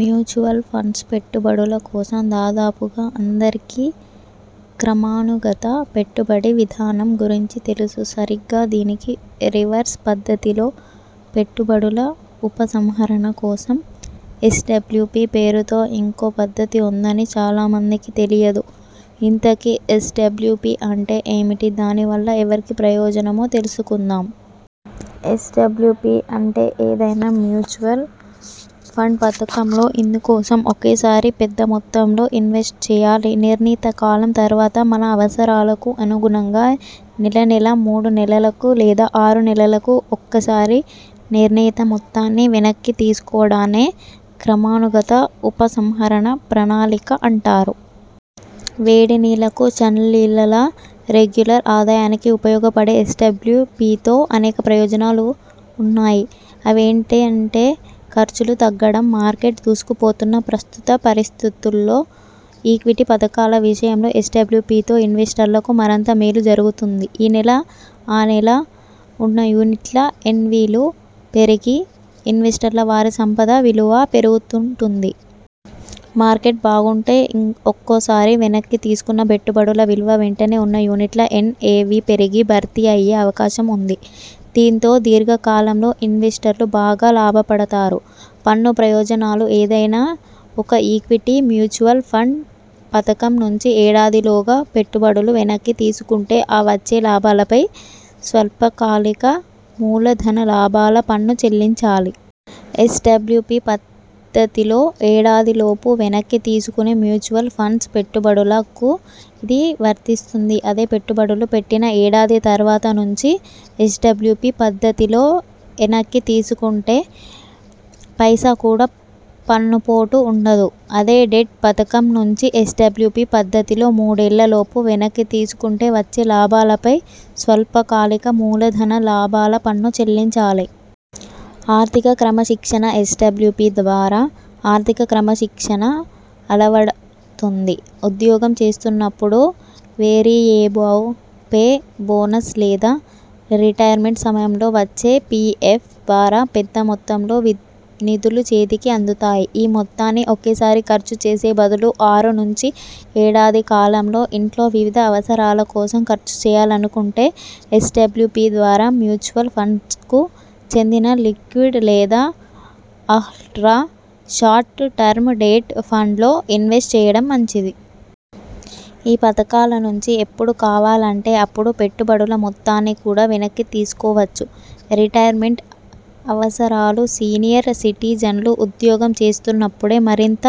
Mutual funds పెట్టుబడుల కోసం దాదాపుగా అందరికీ క్రమానుగత పెట్టుబడి విధానం గురించి తెలుసు. సరిగ్గా దీనికి రివర్స్ పద్ధతిలో పెట్టుబడుల ఉపసంహరణ కోసం ఎస్డబ్ల్యుపి పేరుతో ఇంకో పద్ధతి ఉందని చాలా మందికి తెలియదు. ఇంతకీ ఎస్డబ్ల్యుపి అంటే ఏమిటి? దాని వల్ల ఎవరికి ప్రయోజనమో తెలుసుకుందాం. ఎస్డబ్ల్యుపి అంటే? ఏదైనా మ్యూచువల్ ఫండ్ పథకంలో ఇందుకోసం ఒకేసారి పెద్ద మొత్తంలో ఇన్వెస్ట్ చేయాలి. నిర్ణీత కాలం తర్వాత, మన అవసరాలకు అనుగుణంగా నెలనెలా, మూడు నెలలకు లేదా ఆరు నెలలకు ఒక్కసారి నిర్ణీత మొత్తాన్ని వెనక్కి తీసుకోవడాన్నే క్రమానుగత ఉపసంహరణ ప్రణాళిక అంటారు. వేడి నీళ్లకు చన్నీళ్లలా రెగ్యులర్ ఆదాయానికి ఉపయోగపడే ఎస్డబ్ల్యుపితో అనేక ప్రయోజనాలు ఉన్నాయి. అవేంటంటేఖర్చులు తగ్గడంమార్కెట్ దూసుకుపోతున్న ప్రస్తుత పరిస్థితుల్లో ఈక్విటీ పథకాల విషయంలో ఎస్డబ్ల్యుపితో ఇన్వెస్టర్లకు మరంత మేలు జరుగుతుంది. ఇ నెల ఆ నెల ఉన్న యూనిట్ల ఎన్విలు పెరిగి, ఇన్వెస్టర్ల వారి సంపద విలువా పెరుగుతుంటుంది. మార్కెట్ బాగుంటే ఒక్కోసారి వెనక్కి తీసుకున్న పెట్టుబడుల విలువ వెంటనే ఉన్న యూనిట్ల ఎన్ఎవి పెరిగి భర్తీ అయ్యే అవకాశం ఉంది. దీంతో దీర్ఘకాలంలో ఇన్వెస్టర్లు బాగా లాభపడతారు. పన్ను ప్రయోజనాలు ఏదైనా ఒక ఈక్విటీ మ్యూచువల్ ఫండ్ పథకం నుంచి ఏడాదిలోగా పెట్టుబడులు వెనక్కి తీసుకుంటే ఆ వచ్చే లాభాలపై స్వల్పకాలిక మూలధన లాభాల పన్ను చెల్లించాలి. ఎస్డబ్ల్యుపి పద్ధతిలో ఏడాదిలోపు వెనక్కి తీసుకునే మ్యూచువల్ ఫండ్స్ పెట్టుబడులకూ ఇది వర్తిస్తుంది. అదే పెట్టుబడులు పెట్టిన ఏడాది తర్వాతి నుంచి ఎస్డబ్ల్యుపి పద్ధతిలో వెనక్కి తీసుకుంటే పైసా కూడా పన్నుపోటు ఉండదు. అదే డెట్ పథకం నుంచి ఎస్డబ్ల్యుపి పద్ధతిలో మూడేళ్లలోపు వెనక్కి తీసుకుంటే వచ్చే లాభాలపై స్వల్ప కాలిక మూలధన లాభాల పన్ను చెల్లించాలి. ఆర్థిక క్రమశిక్షణఎస్డబ్ల్యుపి ద్వారా ఆర్థిక క్రమశిక్షణ అలవడుతుంది. ఉద్యోగం చేస్తున్నపుడు వేరియేబు పే, బోనస్ లేదా రిటైర్మెంట్ సమయంలో వచ్చే పిఎఫ్ ద్వారా పెద్ద మొత్తంలో నిధులు చేతికి అందుతాయి. ఈ మొత్తాన్ని ఒకేసారి ఖర్చు చేసే బదులు ఆరు నుంచి ఏడాది కాలంలో ఇంట్లో వివిధ అవసరాల కోసం ఖర్చు చేయాలనుకుంటే ఎస్డబ్ల్యుపి ద్వారా మ్యూచువల్ ఫండ్స్కు చెందిన లిక్విడ్ లేదా అలా్ట్ర షార్ట్ టర్మ్ డెట్ ఫండ్లో ఇన్వెస్ట్ చేయడం మంచిది. ఈ పథకాల నుంచి ఎప్పుడు కావాలంటే అప్పుడు పెట్టుబడుల మొత్తాన్ని కూడా వెనక్కి తీసుకోవచ్చు. రిటైర్మెంట్ అవసరాలుసీనియర్ సిటిజన్లు ఉద్యోగం చేస్తున్నపుడే మరింత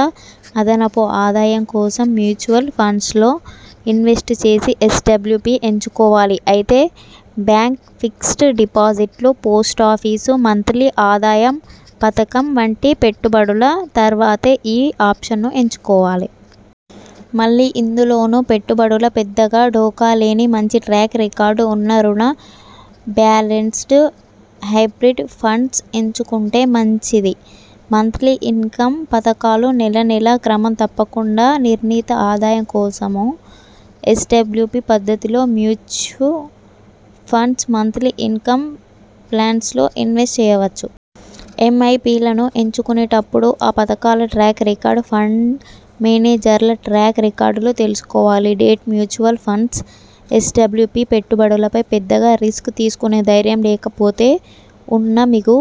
అదనపు ఆదాయం కోసం మ్యూచువల్ ఫండ్స్లో ఇన్వెస్ట్ చేసి ఎస్డబ్ల్యుపి ఎంచుకోవాలి. అయితే బ్యాంక్ ఫిక్స్డ్ డిపాజిట్లు, పోస్టాఫీసు మంత్లీ ఆదాయం పథకం వంటి పెట్టుబడుల తర్వాతే ఈ ఆప్షన్ను ఎంచుకోవాలి. మళ్లీ ఇందులోనూ పెట్టుబడులకు పెద్దగా ఢోకాలేని మంచి ట్రాక్ రికార్డు ఉన్న రుణ, బ్యాలెన్స్డ్, హైబ్రిడ్ ఫండ్స్ ఎంచుకుంటే మంచిది. మంత్లీ ఇన్కమ్ పథకాలునెలనెలా క్రమం తప్పకుండా నిర్ణీత ఆదాయం కోసమూ ఎస్డబ్ల్యుపి పద్ధతిలో మ్యూచువ్ ఫండ్స్ మంత్లీ ఇన్కం ప్లాన్స్ లో ఇన్వెస్ట్ చేయవచ్చు. ఎంఐపిలను ఎంచుకునేటప్పుడు ఆ పథకాల ట్రాక్ రికార్డు, ఫండ్ మేనేజర్ల ట్రాక్ రికార్టులు తెలుసుకోవాలి. డెట్ మ్యూచువల్ ఫండ్స్ ఎస్డబ్ల్యుపిపెట్టుబడులపై పెద్దగా రిస్కు తీసుకునే ధైర్యం లేకపోతే ఉన్న మిగు